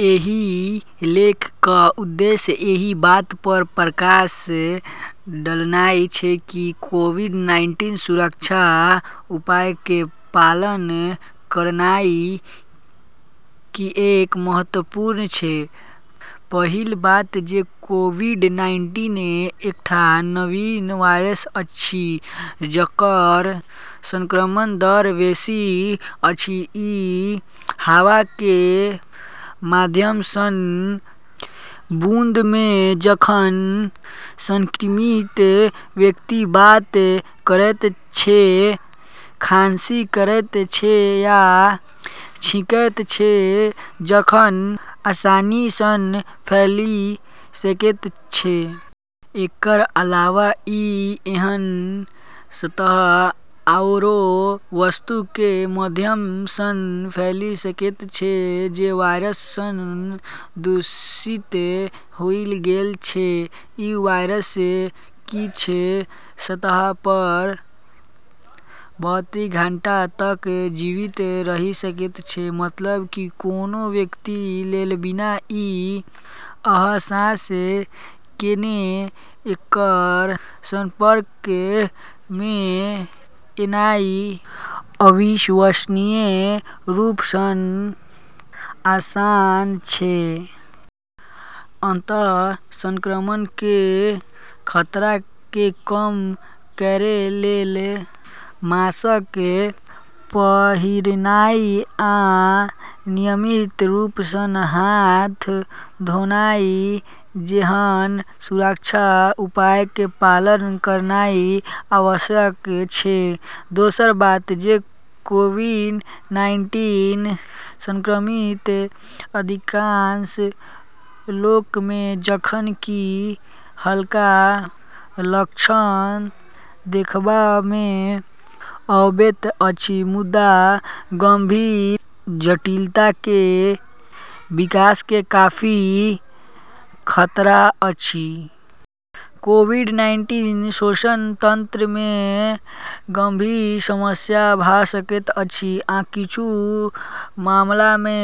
एहि लेख क' उद्देश्य एहि बात पर प्रकाश डालनाइ छै कि कोविड-नाइन्टीन सुरक्षा उपायके पालन करनाइ किएक महत्वपूर्ण छै। पहिल बात जे कोविड-नाइन्टीन एकटा नवीन वायरस अछि जकर संक्रमण दर बेसी अछि। ई हवाके माध्यमसँ, बूंदमे, जखन संक्रमित व्यक्ति बात करैत छै, खांसी करैत छै या छींकैत छै तखन आसानीसँ फैलि सकै छै । एकर अलावा ई एहन सतह आओर वस्तुके माध्यमसँ फैलि सकै छै जे वायरससँ दूषित होइ गेल छै। ई वायरस किछ सतहऽ पर बहत्तरि घंटा तक जीवित रहि सकै छै, मतलब कि कोनो व्यक्ति लेल बिना ई अहसास केने एकर संपर्कमे एनाइ अविश्वसनीय रूपसँ आसान छै। अत: संक्रमणके खतराके कम करै लेल मास्क पहिरनाइ आ नियमित रूपसँ हाथ धोनाइ जेहन सुरक्षा उपायके पालन करनाइ आवश्यक छै । दोसर बात जे कोविड-नाइन्टीन संक्रमित अधिकांश लोकमे जखन कि हल्का लक्षण देखबामे अबैत अछि, मुदा गंभीर जटिलताके विकासके काफी खतरा अछि । कोविड-नाइन्टीनसँ श्वसन तंत्रमे गंभीर समस्या भ' सकैत अछि, आ किछु मामलामे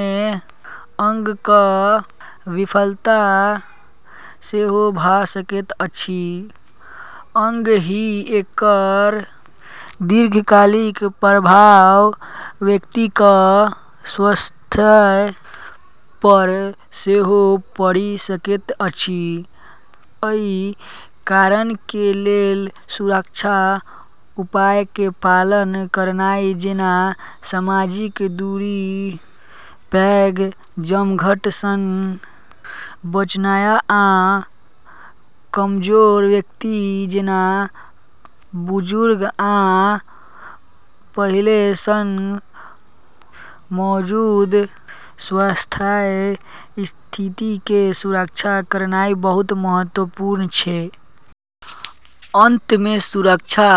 अंगक विफलता सेहो भ' सकैत अछि। संगहि, एकर दीर्घकालिक प्रभाव व्यक्तिक स्वास्थ्य पर सेहो पड़ि सकैत अछि। अइ कारणके लेल सुरक्षा उपायके पालन करनाइ जेना सामाजिक दूरी, पैघ जमघट सँ बचनाय, आ कमजोर व्यक्ति जेना बुजुर्ग आ पहिले सँ मौजूद स्वास्थ्य स्थितिके सुरक्षा करनाइ बहुत महत्वपूर्ण छै । अंतमे, सुरक्षा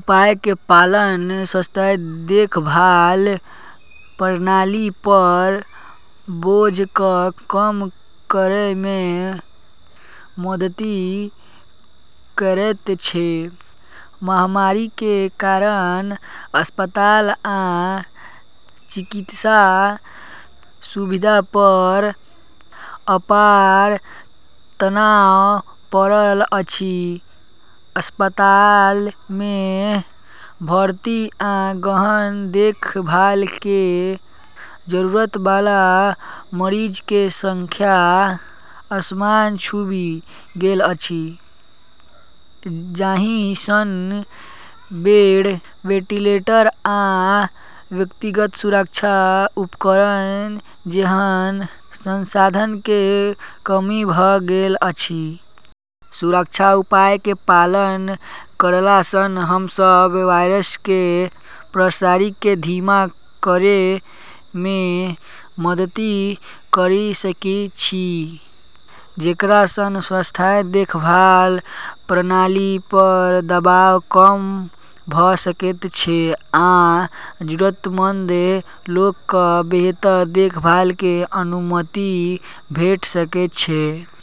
उपायके पालन स्वास्थ्य देखभाल प्रणाली पर बोझक कम करैमे मदति करैत छै । महामारीके कारण अस्पताल आ चिकित्सा सुविधा पर अपार तनाव पड़ल अछि। अस्पतालमे भर्ती आ गहन देखभालके जरूरतबला मरीजके संख्या आसमान छूबि गेल अछि, जाहिसँ बेड, वेंटिलेटर, आ व्यक्तिगत सुरक्षा उपकरण जेहन संसाधनके कमी भ' गेल अछि । सुरक्षा उपायके पालन करलासँ हमसब वायरसकेँ प्रसारकेँ धीमा करेमे मदति करि सकै छी, जेकरासँ स्वास्थ्य देखभाल प्रणाली पर दबाव कम भ' सकै छै आ जरूरतमंद लोकक बेहतर देखभालकें अनुमति भेट सकै छै ।